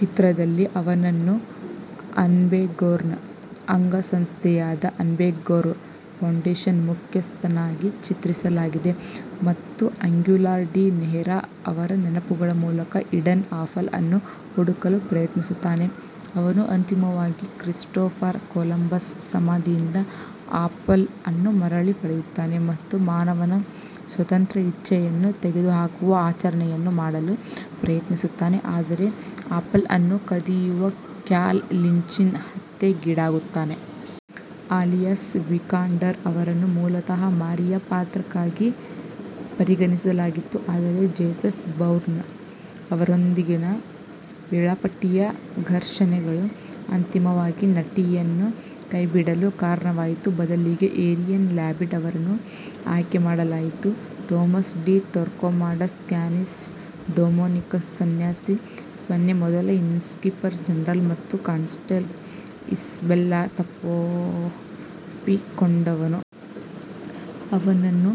ಚಿತ್ರದಲ್ಲಿ, ಅವನನ್ನು ಅಬ್ಸ್ಟೆರ್ಗೊನ ಅಂಗಸಂಸ್ಥೆಯಾದ ಅಬ್ಸ್ಟೆರ್ಗೊ ಫೌಂಡೇಶನ್ನ ಮುಖ್ಯಸ್ಥನಾಗಿ ಚಿತ್ರಿಸಲಾಗಿದೆ ಮತ್ತು ಅಗ್ಯುಲಾರ್ ಡಿ ನೆರ್ಹಾ ಅವರ ನೆನಪುಗಳ ಮೂಲಕ ಈಡನ್ನ ಆಪಲ್ ಅನ್ನು ಹುಡುಕಲು ಪ್ರಯತ್ನಿಸುತ್ತಾನೆ. ಅವನು ಅಂತಿಮವಾಗಿ ಕ್ರಿಸ್ಟೋಫರ್ ಕೊಲಂಬಸ್ನ ಸಮಾಧಿಯಿಂದ ಆಪಲ್ ಅನ್ನು ಮರಳಿ ಪಡೆಯುತ್ತಾನೆ ಮತ್ತು ಮಾನವನ ಸ್ವತಂತ್ರ ಇಚ್ಛೆಯನ್ನು ತೆಗೆದುಹಾಕುವ ಆಚರಣೆಯನ್ನು ಮಾಡಲು ಪ್ರಯತ್ನಿಸುತ್ತಾನೆ, ಆದರೆ ಆಪಲ್ ಅನ್ನು ಕದಿಯುವ ಕ್ಯಾಲ್ ಲಿಂಚ್ನಿಂದ ಹತ್ಯೆಗೀಡಾಗುತ್ತಾನೆ. ಅಲಿಸಿಯಾ ವಿಕಾಂಡರ್ ಅವರನ್ನು ಮೂಲತಃ ಮಾರಿಯಾ ಪಾತ್ರಕ್ಕಾಗಿ ಪರಿಗಣಿಸಲಾಗಿತ್ತು, ಆದರೆ ಜೇಸನ್ ಬೌರ್ನ್ ಅವರೊಂದಿಗಿನ ವೇಳಾಪಟ್ಟಿಯ ಘರ್ಷಣೆಗಳು ಅಂತಿಮವಾಗಿ ನಟಿಯನ್ನು ಕೈಬಿಡಲು ಕಾರಣವಾಯಿತು, ಬದಲಿಗೆ ಏರಿಯನ್ ಲ್ಯಾಬೆಡ್ ಅವರನ್ನು ಆಯ್ಕೆ ಮಾಡಲಾಯಿತು. Tomas de Torquemada Spanish Dominican ಸನ್ಯಾಸಿ, ಸ್ಪೇನ್ನ ಮೊದಲ ಇನ್ಕ್ವಿಸಿಟರ್ ಜನರಲ್ ಮತ್ತು ಕ್ಯಾಸ್ಟೈಲ್ನ ಇಸಾಬೆಲ್ಲಾ ಗೆ ತಪ್ಪೊಪ್ಪಿಕೊಂಡವನು. ಅವನನ್ನು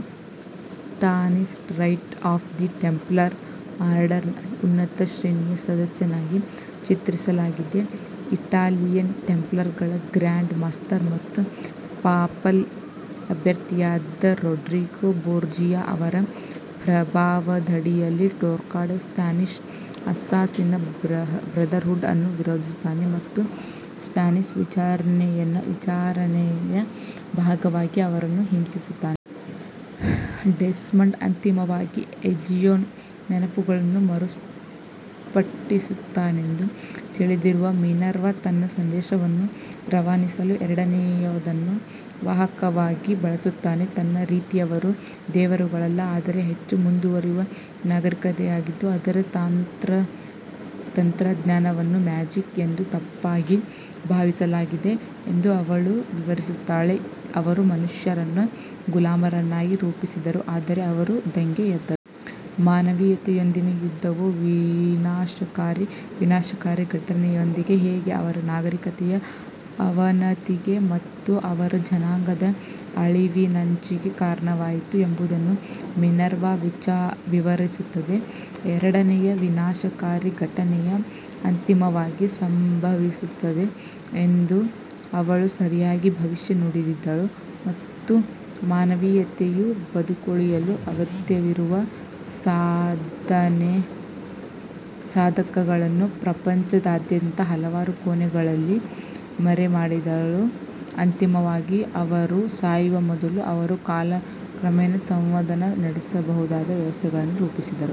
Spanish rite of the Templar ಆರ್ಡರ್ನ ಉನ್ನತ ಶ್ರೇಣಿಯ ಸದಸ್ಯನಾಗಿ ಚಿತ್ರಿಸಲಾಗಿದೆ. ಇಟಾಲಿಯನ್ ಟೆಂಪ್ಲರ್ಗಳ ಗ್ರ್ಯಾಂಡ್ ಮಾಸ್ಟರ್ ಮತ್ತು ಪಾಪಲ್ ಅಭ್ಯರ್ಥಿಯಾದ ರೋಡ್ರಿಗೋ ಬೋರ್ಜಿಯಾ ಅವರ ಪ್ರಭಾವದಡಿಯಲ್ಲಿ, ಟೋರ್ಕ್ಮೆಡಾ ಸ್ಪ್ಯಾನಿಷ್ ಅಸ್ಸಾಸಿನ್ ಬ್ರದರ್ಹುಡ್ ಅನ್ನು ವಿರೋಧಿಸುತ್ತಾನೆ ಮತ್ತು ಸ್ಪ್ಯಾನಿಷ್ ವಿಚಾರಣೆಯ ಭಾಗವಾಗಿ ಅವರನ್ನು ಹಿಂಸಿಸುತ್ತಾನೆ. ಡೆಸ್ಮಂಡ್ ಅಂತಿಮವಾಗಿ ಎಜಿಯೋನ ನೆನಪುಗಳನ್ನು ಮರುಸೃಷ್ಟಿಸುತ್ತಾನೆಂದು ತಿಳಿದಿರುವ ಮಿನರ್ವಾ, ತನ್ನ ಸಂದೇಶವನ್ನು ರವಾನಿಸಲು ಎರಡನೆಯದನ್ನು ವಾಹಕವಾಗಿ ಬಳಸುತ್ತಾನೆ. ತನ್ನ ರೀತಿಯವರು ದೇವರುಗಳಲ್ಲ, ಆದರೆ ಹೆಚ್ಚು ಮುಂದುವರಿದ ನಾಗರಿಕತೆಯಾಗಿದ್ದು, ಅದರ ತಂತ್ರಜ್ಞಾನವನ್ನು ಮ್ಯಾಜಿಕ್ ಎಂದು ತಪ್ಪಾಗಿ ಭಾವಿಸಲಾಗಿದೆ ಎಂದು ಅವಳು ವಿವರಿಸುತ್ತಾಳೆ. ಅವರು ಮನುಷ್ಯರನ್ನು ಗುಲಾಮರನ್ನಾಗಿ ರೂಪಿಸಿದರು, ಆದರೆ ಅವರು ದಂಗೆ ಎದ್ದರು. ಮಾನವೀಯತೆಯೊಂದಿಗಿನ ಯುದ್ಧವು ವಿನಾಶಕಾರಿ ವಿನಾಶಕಾರಿ ಘಟನೆಯೊಂದಿಗೆ ಹೇಗೆ ಅವರ ನಾಗರಿಕತೆಯ ಅವನತಿಗೆ ಮತ್ತು ಅವರ ಜನಾಂಗದ ಅಳಿವಿನಂಚಿಗೆ ಕಾರಣವಾಯಿತು ಎಂಬುದನ್ನು ಮಿನರ್ವಾ ವಿವರಿಸುತ್ತದೆ. ಎರಡನೆಯ ವಿನಾಶಕಾರಿ ಘಟನೆಯು ಅಂತಿಮವಾಗಿ ಸಂಭವಿಸುತ್ತದೆ ಎಂದು ಅವಳು ಸರಿಯಾಗಿ ಭವಿಷ್ಯ ನುಡಿದಿದ್ದಳು, ಮತ್ತು ಮಾನವೀಯತೆಯು ಬದುಕುಳಿಯಲು ಅಗತ್ಯವಿರುವ ಸಾಧನಗಳನ್ನು ಪ್ರಪಂಚದಾದ್ಯಂತ ಹಲವಾರು ಕೋಣೆಗಳಲ್ಲಿ ಮರೆಮಾಡಿದಳು, ಅಂತಿಮವಾಗಿ ಅವರು ಸಾಯುವ ಮೊದಲು ಅವರು ಕಾಲಕ್ರಮೇಣ ಸಂವಹನ ನಡೆಸಬಹುದಾದ ವ್ಯವಸ್ಥೆಯನ್ನು ರೂಪಿಸಿದರು.